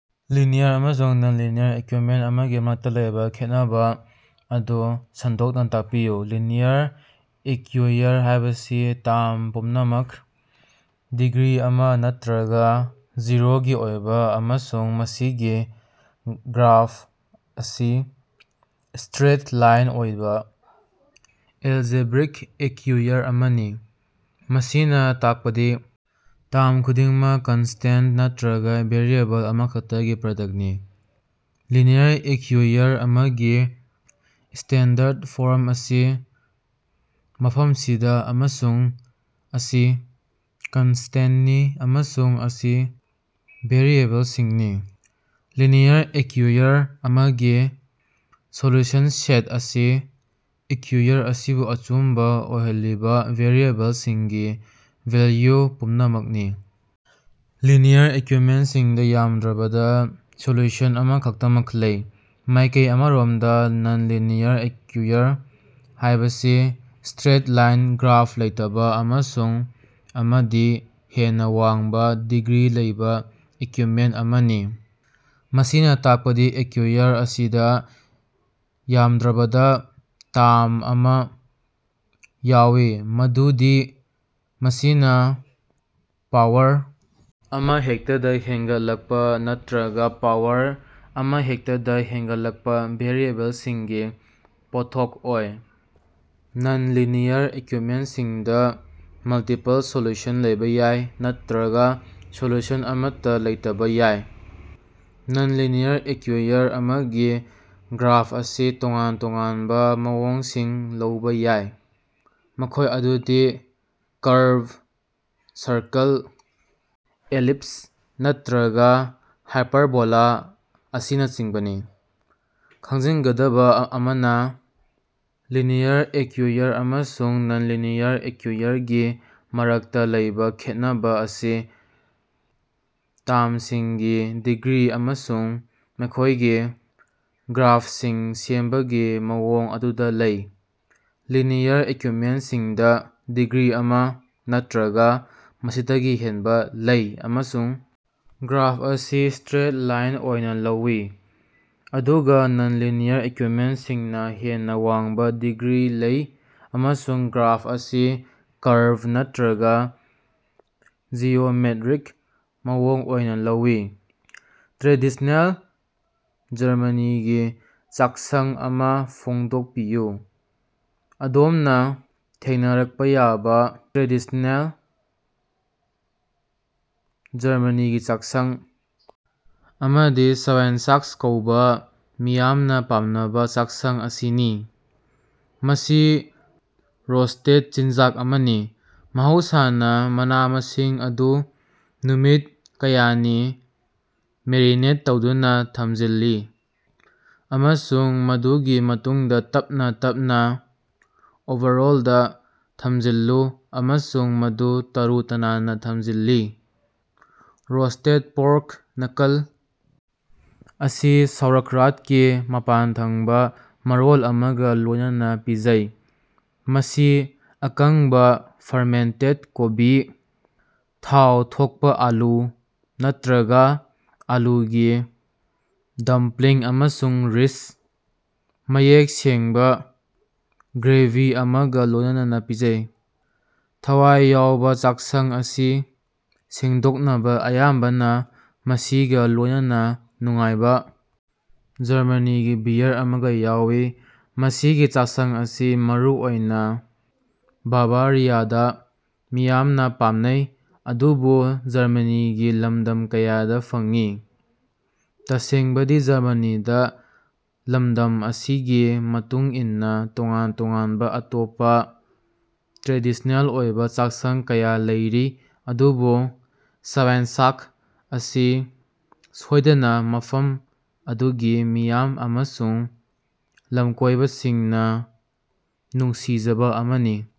Linear ꯑꯃꯁꯨꯡ non-linear equipment ꯑꯃꯒꯤ ꯃꯔꯛꯇ ꯂꯩꯕꯥ ꯈꯦꯠꯅꯕꯥ ꯑꯗꯨ ꯁꯟꯗꯣꯛꯅ ꯇꯥꯛꯄꯤꯌꯨ꯫ ꯂꯤꯅꯤꯌꯔ ꯏꯛꯌꯨꯏꯌꯔ ꯍꯥꯢꯕꯁꯤ ꯇꯥꯝ ꯄꯨꯝꯅꯃꯛ ꯗꯤꯒ꯭ꯔꯤ ꯑꯃ ꯅꯠꯇ꯭ꯔꯒ ꯖꯤꯔꯣꯒꯤ ꯑꯣꯏꯕ ꯑꯃꯁꯨꯡ ꯃꯁꯤꯒꯤ ꯒ꯭ꯔꯥꯐ ꯑꯁꯤ ꯁꯇ꯭ꯔꯦꯠ ꯂꯥꯏꯟ ꯑꯣꯏꯕ ꯑꯦꯜꯖꯦꯕ꯭ꯔꯤꯛ ꯏꯛꯌꯨꯏꯌꯔ ꯑꯃꯅꯤ꯫ ꯃꯁꯤꯅ ꯇꯥꯛꯄꯗꯤ ꯇꯥꯝ ꯈꯨꯗꯤꯡꯃꯛ ꯀꯟꯁꯇꯦꯟ ꯅꯠꯇ꯭ꯔꯒꯥ ꯚꯦꯔꯤꯑꯦꯕꯜ ꯑꯃꯈꯛꯇꯒꯤ ꯄ꯭ꯔꯗꯛꯇꯅꯤ꯫ ꯂꯤꯅꯤꯌꯔ ꯏꯛꯌꯨꯏꯌꯔ ꯑꯃꯒꯤ ꯁ꯭ꯇꯦꯟꯗꯔꯗ ꯐꯣꯔꯝ ꯑꯁꯤ ꯃꯐꯝꯁꯤꯗꯥ, ꯑꯃꯁꯨꯡ ꯑꯁꯤ ꯀꯟꯁꯇꯦꯟꯅꯤ ꯑꯃꯁꯨꯡ ꯑꯁꯤ ꯚꯦꯔꯤꯑꯦꯕꯜꯁꯤꯡꯅꯤ꯫ ꯂꯤꯅꯤꯌꯔ ꯏꯛꯌꯨꯏꯌꯔ ꯑꯃꯒꯤ ꯁꯣꯂꯨꯁꯟ ꯁꯦꯠ ꯑꯁꯤ ꯏꯛꯌꯨꯏꯌꯔ ꯑꯁꯤꯕꯨ ꯑꯆꯨꯝꯕ ꯑꯣꯏꯍꯜꯂꯤꯕꯥ ꯚꯦꯔꯤꯑꯦꯕꯜꯁꯤꯡꯒꯤ ꯚꯦꯜꯂꯨ ꯄꯨꯝꯅꯃꯛꯅꯤ꯫ ꯂꯤꯅꯤꯌꯔ ꯏꯛꯀꯨꯏꯞꯃꯦꯟꯇꯁꯤꯡꯗ ꯌꯥꯝꯗ꯭ꯔꯕꯗꯥ ꯁꯣꯜꯂꯨꯁꯟ ꯑꯃꯈꯛꯇꯃꯛ ꯂꯩ꯫ ꯃꯥꯢꯀꯩ ꯑꯃꯔꯣꯝꯗ ꯅꯟ-ꯂꯤꯅꯤꯌꯔ ꯏꯛꯌꯨꯏꯌꯔ ꯍꯥꯢꯕꯁꯤ ꯁ꯭ꯇꯔꯦꯠ-ꯂꯥꯏꯟ ꯒ꯭ꯔꯥꯐ ꯂꯩꯇꯕꯥ ꯑꯃꯁꯨꯡ ꯑꯃꯗꯒꯤ ꯍꯦꯟꯅ ꯋꯥꯡꯕ ꯗꯤꯒ꯭ꯔꯤ ꯂꯩꯕꯥ ꯏꯛꯀꯨꯏꯞꯃꯦꯟ ꯑꯃꯅꯤ꯫ ꯃꯁꯤꯅꯥ ꯇꯥꯛꯄꯗꯤ ꯏꯛꯌꯨꯏꯌꯔ ꯑꯁꯤꯗ ꯌꯥꯝꯗ꯭ꯔꯕꯗꯥ ꯇꯥꯝ ꯑꯃ ꯌꯥꯎꯏ ꯃꯗꯨꯗꯤ ꯃꯁꯤꯅ ꯄꯥꯋꯔ ꯑꯃꯍꯦꯛꯇꯗ ꯍꯦꯟꯒꯠꯂꯛꯄ ꯅꯠꯇ꯭ꯔꯒ ꯄꯥꯋꯔ ꯑꯃꯍꯦꯛꯇꯗꯥ ꯍꯦꯟꯒꯠꯂꯛꯄ ꯚꯦꯔꯤꯑꯦꯕꯜꯁꯤꯡꯒꯤ ꯄꯣꯠꯊꯣꯛ ꯑꯣꯏ꯫ ꯅꯟ-ꯂꯤꯅꯤꯌꯔ ꯏꯛꯀꯨꯏꯞꯃꯦꯟꯇꯁꯤꯡꯗ ꯃꯜꯇꯤꯄꯜ ꯁꯣꯜꯂꯨꯁꯟ ꯂꯩꯕ ꯌꯥꯏ ꯅꯠꯇ꯭ꯔꯒ ꯁꯣꯜꯂꯨꯁꯟ ꯑꯃꯠꯇꯥ ꯂꯩꯇꯕ ꯌꯥꯏ꯫ ꯅꯟ-ꯂꯤꯅꯤꯌꯔ ꯏꯛꯌꯨꯏꯌꯔ ꯑꯃꯒꯤ ꯒ꯭ꯔꯥꯐ ꯑꯁꯤ ꯇꯣꯉꯥꯟ-ꯇꯣꯉꯥꯟꯕ ꯃꯑꯣꯡꯁꯤꯡ ꯂꯧꯕꯥ ꯌꯥꯏ, ꯃꯈꯣꯏ ꯑꯗꯨꯗꯤ ꯀꯔꯕ, ꯁꯔꯀꯜ, ꯑꯦꯂꯤꯞꯁ ꯅꯠꯇ꯭ꯔꯒ ꯍꯥꯏꯄꯔꯕꯣꯂꯥ ꯑꯁꯤꯅꯆꯤꯡꯕꯅꯤ꯫ ꯈꯪꯖꯤꯟꯒꯗꯕ ꯑꯃꯅ, ꯂꯤꯅꯤꯌꯔ ꯏꯛꯌꯨꯏꯌꯔ ꯑꯃꯁꯨꯡ ꯅꯟ-ꯂꯤꯅꯤꯌꯔ ꯏꯛꯌꯨꯏꯌꯔꯒꯤ ꯃꯔꯛꯇꯥ ꯂꯩꯕꯥ ꯈꯦꯠꯅꯕꯥ ꯑꯁꯤ ꯇꯥꯝꯁꯤꯡꯒꯤ ꯗꯤꯒ꯭ꯔꯤ ꯑꯃꯁꯨꯡ ꯃꯈꯣꯢꯒꯤ ꯒ꯭ꯔꯥꯐꯁꯤꯡ ꯁꯦꯝꯕꯒꯤ ꯃꯑꯣꯡ ꯑꯗꯨꯗꯥ ꯂꯩ꯫ ꯂꯤꯅꯤꯌꯔ ꯏꯛꯀꯨꯏꯞꯃꯦꯟꯇꯁꯤꯡꯗ ꯗꯤꯒ꯭ꯔꯤ ꯑꯃ ꯅꯠꯇ꯭ꯔꯒ ꯃꯁꯤꯗꯒꯤ ꯍꯦꯟꯕ ꯂꯩ ꯑꯃꯁꯨꯡ ꯒ꯭ꯔꯥꯐ ꯑꯁꯤ ꯁꯇ꯭ꯔꯦꯠ ꯂꯥꯏꯟ ꯑꯣꯏꯅ ꯂꯧꯏ, ꯑꯗꯨꯒ ꯅꯟ-ꯂꯤꯅꯤꯌꯔ ꯏꯛꯀꯨꯏꯞꯃꯦꯟꯇꯁꯤꯡꯅ ꯍꯦꯟꯅ ꯋꯥꯡꯕ ꯗꯤꯒ꯭ꯔꯤ ꯂꯩ ꯑꯃꯁꯨꯡ ꯒ꯭ꯔꯥꯐ ꯑꯁꯤ ꯀꯔꯕ ꯅꯠꯇ꯭ꯔꯒ ꯖꯤꯑꯣꯃꯦꯠꯔꯤꯛ ꯃꯑꯣꯡ ꯑꯣꯏꯅ ꯂꯧꯏ꯫ ꯇ꯭ꯔꯦꯗꯤꯁꯅꯦꯜ ꯖꯔꯃꯅꯤꯒꯤ ꯆꯥꯛꯁꯪ ꯑꯃ ꯐꯣꯡꯗꯣꯛꯄꯤꯌꯨ꯫ ꯑꯗꯣꯝꯅ ꯊꯦꯡꯅꯔꯛꯄ ꯌꯥꯕ ꯇ꯭ꯔꯦꯗꯤꯁ꯭ꯅꯦꯜ ꯖꯔꯃꯅꯤꯒꯤ ꯆꯥꯛꯁꯪ ꯑꯃꯗꯤ ꯁ꯭ꯕꯥꯏꯟꯁꯥꯛꯁ ꯀꯧꯕꯥ ꯃꯤꯌꯥꯝꯅ ꯄꯥꯝꯅꯕ ꯆꯥꯛꯁꯪ ꯑꯁꯤꯅꯤ, ꯃꯁꯤ ꯔꯣꯁ꯭ꯇꯦꯗ ꯆꯤꯟꯖꯥꯛ ꯑꯃꯅꯤ꯫ ꯃꯍꯧꯁꯥꯅ, ꯃꯅꯥ-ꯃꯁꯤꯡ ꯑꯗꯨ ꯅꯨꯃꯤꯠ ꯀꯌꯥꯅꯤ ꯃꯦꯔꯤꯅꯦꯠ ꯇꯧꯗꯨꯅꯥ ꯊꯝꯖꯤꯜꯂꯤ ꯑꯃꯁꯨꯡ ꯃꯗꯨꯒꯤ ꯃꯇꯨꯡꯗ ꯇꯞꯅ ꯇꯞꯅ ꯑꯣꯚꯔꯑꯣꯜꯗꯥ ꯊꯝꯖꯤꯜꯂꯨ ꯑꯃꯁꯨꯡ ꯃꯗꯨ ꯇꯔꯨ-ꯇꯅꯥꯟꯅꯥ ꯊꯝꯖꯤꯜꯂꯤ꯫ ꯔꯣꯁ꯭ꯇꯦꯗ ꯄꯣꯔꯛ ꯅꯀꯜ ꯑꯁꯤ ꯁꯥꯎꯔꯛꯔꯥꯎꯠꯀꯤ ꯃꯄꯥꯟꯊꯪꯕꯥ ꯃꯔꯣꯜ ꯑꯃꯒ ꯂꯣꯏꯅꯅꯥ ꯄꯤꯖꯩ, ꯃꯁꯤ ꯑꯀꯪꯕꯥ ꯐꯔꯃꯦꯟꯇꯦꯠ ꯀꯣꯕꯤ, ꯊꯥꯎ ꯊꯣꯛꯄꯥ ꯑꯥꯂꯨ ꯅꯠꯇ꯭ꯔꯒ ꯑꯥꯂꯨꯒꯤ ꯗꯝꯄ꯭ꯂꯤꯡ ꯑꯃꯁꯨꯡ ꯔꯤꯁ, ꯃꯌꯦꯛ ꯁꯦꯡꯕꯥ ꯒ꯭ꯔꯦꯚꯤ ꯑꯃꯒ ꯂꯣꯢꯅꯅꯥ ꯄꯤꯖꯩ꯫ ꯊꯋꯥꯏ ꯌꯥꯎꯕꯥ ꯆꯥꯛꯁꯪ ꯑꯁꯤ ꯁꯦꯡꯗꯣꯛꯅꯕꯥ ꯑꯌꯥꯝꯕꯅ ꯃꯁꯤꯒ ꯂꯣꯢꯅꯅꯥ ꯅꯨꯡꯉꯥꯏꯕꯥ ꯖꯔꯃꯅꯤꯒꯤ ꯕꯤꯌꯔ ꯑꯃ ꯌꯥꯎꯏ꯫ ꯃꯁꯤꯒꯤ ꯆꯥꯛꯁꯪ ꯑꯁꯤ ꯃꯔꯨꯑꯣꯏꯅ ꯕꯥꯚꯥꯔꯤꯌꯥꯗꯥ ꯃꯤꯌꯥꯝꯅ ꯄꯥꯝꯅꯩ, ꯑꯗꯨꯕꯨ ꯖꯔꯃꯅꯤꯒꯤ ꯂꯝꯗꯝ ꯀꯌꯥꯗ ꯐꯪꯏ꯫ ꯇꯁꯦꯡꯕꯗꯤ ꯖꯔꯃꯅꯤꯗꯥ ꯂꯝꯗꯝ ꯑꯁꯤꯒꯤ ꯃꯇꯨꯡ ꯏꯟꯅ ꯇꯣꯉꯥꯟ ꯇꯣꯉꯥꯟꯕ ꯑꯇꯣꯞꯄ ꯇ꯭ꯔꯦꯗꯤꯁ꯭ꯅꯦꯜ ꯑꯣꯏꯕ ꯆꯥꯛꯁꯪ ꯀꯌꯥ ꯂꯩꯔꯤ, ꯑꯗꯨꯕꯨ ꯁ꯭ꯕꯥꯏꯟꯁꯥꯛꯁ ꯑꯁꯤ ꯁꯣꯏꯗꯅꯥ ꯃꯐꯝ ꯑꯗꯨꯒꯤ ꯃꯤꯌꯥꯝ ꯑꯃꯁꯨꯡ ꯂꯝꯀꯣꯏꯕꯁꯤꯡꯅꯥ ꯅꯨꯡꯁꯤꯖꯕꯥ ꯑꯃꯅꯤ꯫